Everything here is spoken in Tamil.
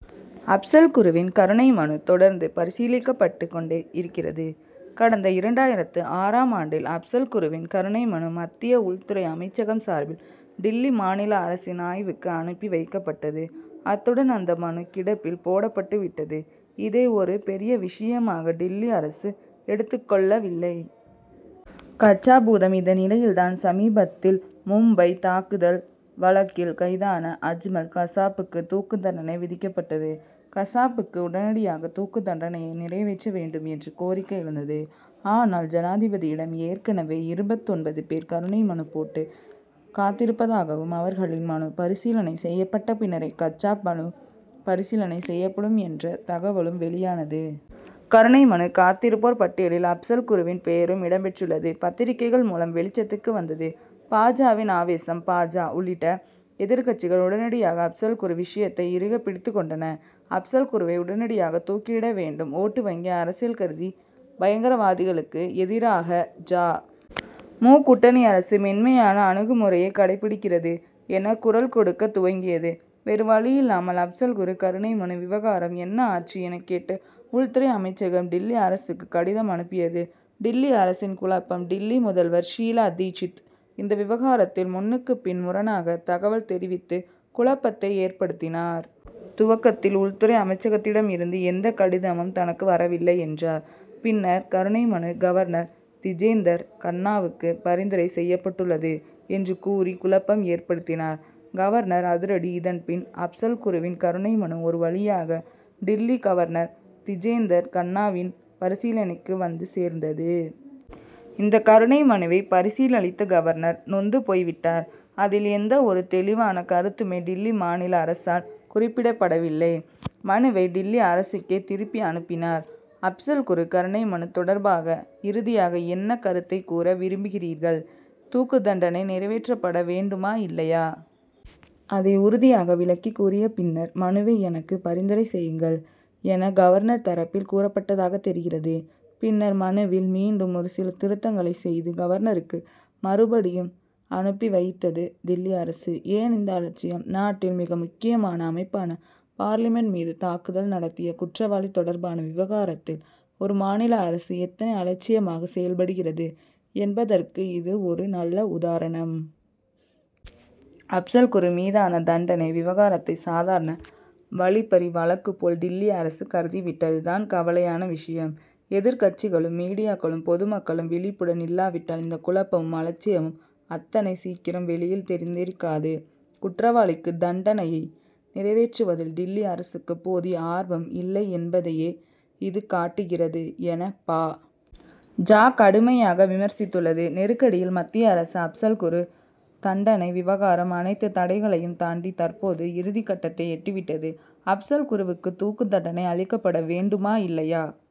அப்சல் குருவின் கருணை மனு தொடர்ந்து பரிசீலிக்கப்பட்டுக் கொண்டே இருக்கிறது. கடந்த இரண்டாயிரத்து ஆறாம் ஆண்டில் அப்சல் குருவின் கருணை மனு மத்திய உள்துறை அமைச்சகம் சார்பில் டில்லி மாநில அரசின் ஆய்வுக்கு அனுப்பி வைக்கப்பட்டது. அத்துடன் அந்த மனு கிடப்பில் போடப்பட்டு விட்டது. இதை ஒரு பெரிய விஷயமாக டில்லி அரசு எடுத்துக் கொள்ளவில்லை. கசாப் பூதம் இந்த நிலையில் தான் சமீபத்தில் மும்பை தாக்குதல் வழக்கில் கைதான அஜ்மல் கசாப்புக்கு தூக்கு தண்டனை விதிக்கப்பட்டது. கசாபுக்கு உடனடியாக தூக்கு தண்டனையை நிறைவேற்ற வேண்டும் என்ற கோரிக்கை எழுந்தது. ஆனால் ஜனாதிபதியிடம் ஏற்கனவே இருபத்தொன்பது பேர் கருணை மனு போட்டு காத்திருப்பதாகவும் அவர்களின் மனு பரிசீலனை செய்யப்பட்ட பின்னரே கசாப் மனு பரிசீலனை செய்யப்படும் என்ற தகவலும் வெளியானது. கருணை மனு காத்திருப்போர் பட்டியலில் அப்சல் குருவின் பெயரும் இடம் பெற்றுள்ளது பத்திரிகைகள் மூலம் வெளிச்சத்துக்கு வந்தது. பா. ஜ.வின் ஆவேசம் பா. ஜ. உள்ளிட்ட எதிர்க்கட்சிகள் உடனடியாக அப்சல் குரு விஷயத்தை இறுக பிடித்துக் கொண்டன. அப்சல் குருவை உடனடியாக தூக்கிலிட வேண்டும். ஓட்டு வங்கி அரசியல் கருதி பயங்கரவாதிகளுக்கு எதிராக ஜ. மு. கூட்டணி அரசு மென்மையான அணுகுமுறையை கடைப்பிடிக்கிறது என குரல் கொடுக்கத் துவங்கியது. வேறு வழியில்லாமல் அப்சல் குரு கருணை மனு விவகாரம் என்ன ஆச்சு என கேட்டு உள்துறை அமைச்சகம் டில்லி அரசுக்கு கடிதம் அனுப்பியது. டில்லி அரசின் குழப்பம் டில்லி முதல்வர் ஷீலா தீட்சித் இந்த விவகாரத்தில் முன்னுக்கு பின் முரணாக தகவல் தெரிவித்து குழப்பத்தை ஏற்படுத்தினார். துவக்கத்தில் உள்துறை அமைச்சகத்திடம் இருந்து எந்த கடிதமும் தனக்கு வரவில்லை என்றார். பின்னர் கருணை மனு கவர்னர் திஜேந்தர் கண்ணாவுக்கு பரிந்துரை செய்யப்பட்டுள்ளது என்று கூறி குழப்பம் ஏற்படுத்தினார். கவர்னர் அதிரடி இதன்பின் அப்சல் குருவின் கருணை மனு ஒரு வழியாக டில்லி கவர்னர் திஜேந்தர் கண்ணாவின் பரிசீலனைக்கு வந்து சேர்ந்தது. இந்த கருணை மனுவை பரிசீலித்த கவர்னர் நொந்து போய்விட்டார். அதில் எந்த ஒரு தெளிவான கருத்துமே டில்லி மாநில அரசால் குறிப்பிடப்படவில்லை. மனுவை டில்லி அரசுக்கே திருப்பி அனுப்பினார். அப்சல் குரு கருணை மனு தொடர்பாக இறுதியாக என்ன கருத்தை கூற விரும்புகிறீர்கள். தூக்கு தண்டனை நிறைவேற்றப்பட வேண்டுமா இல்லையா? அதை உறுதியாக விளக்கி கூறிய பின்னர் மனுவை எனக்கு பரிந்துரை செய்யுங்கள் என கவர்னர் தரப்பில் கூறப்பட்டதாக தெரிகிறது. பின்னர் மனுவில் மீண்டும் ஒரு சில திருத்தங்களை செய்து கவர்னருக்கு மறுபடியும் அனுப்பி வைத்தது டில்லி அரசு. ஏன் இந்த அலட்சியம்? நாட்டின் மிக முக்கியமான அமைப்பான பார்லிமென்ட் மீது தாக்குதல் நடத்திய குற்றவாளி தொடர்பான விவகாரத்தில் ஒரு மாநில அரசு எத்தனை அலட்சியமாக செயல்படுகிறது என்பதற்கு இது ஒரு நல்ல உதாரணம். அப்சல் குரு மீதான தண்டனை விவகாரத்தை சாதாரண வழிப்பறி வழக்கு போல் டில்லி அரசு கருதி விட்டது தான் கவலையான விஷயம். எதிர்க்கட்சிகளும் மீடியாக்களும் பொதுமக்களும் விழிப்புடன் இல்லாவிட்டால் இந்த குழப்பமும் அலட்சியமும் அத்தனை சீக்கிரம் வெளியில் தெரிந்திருக்காது. குற்றவாளிக்கு தண்டனையை நிறைவேற்றுவதில் டில்லி அரசுக்கு போதிய ஆர்வம் இல்லை என்பதையே இது காட்டுகிறது என பா. ஜ. கடுமையாக விமர்சித்துள்ளது. நெருக்கடியில் மத்திய அரசு அப்சல் குரு தண்டனை விவகாரம் அனைத்து தடைகளையும் தாண்டி தற்போது இறுதிக் கட்டத்தை எட்டி விட்டது. அப்சல் குருவுக்கு தூக்கு தண்டனை அளிக்கப்பட வேண்டுமா இல்லையா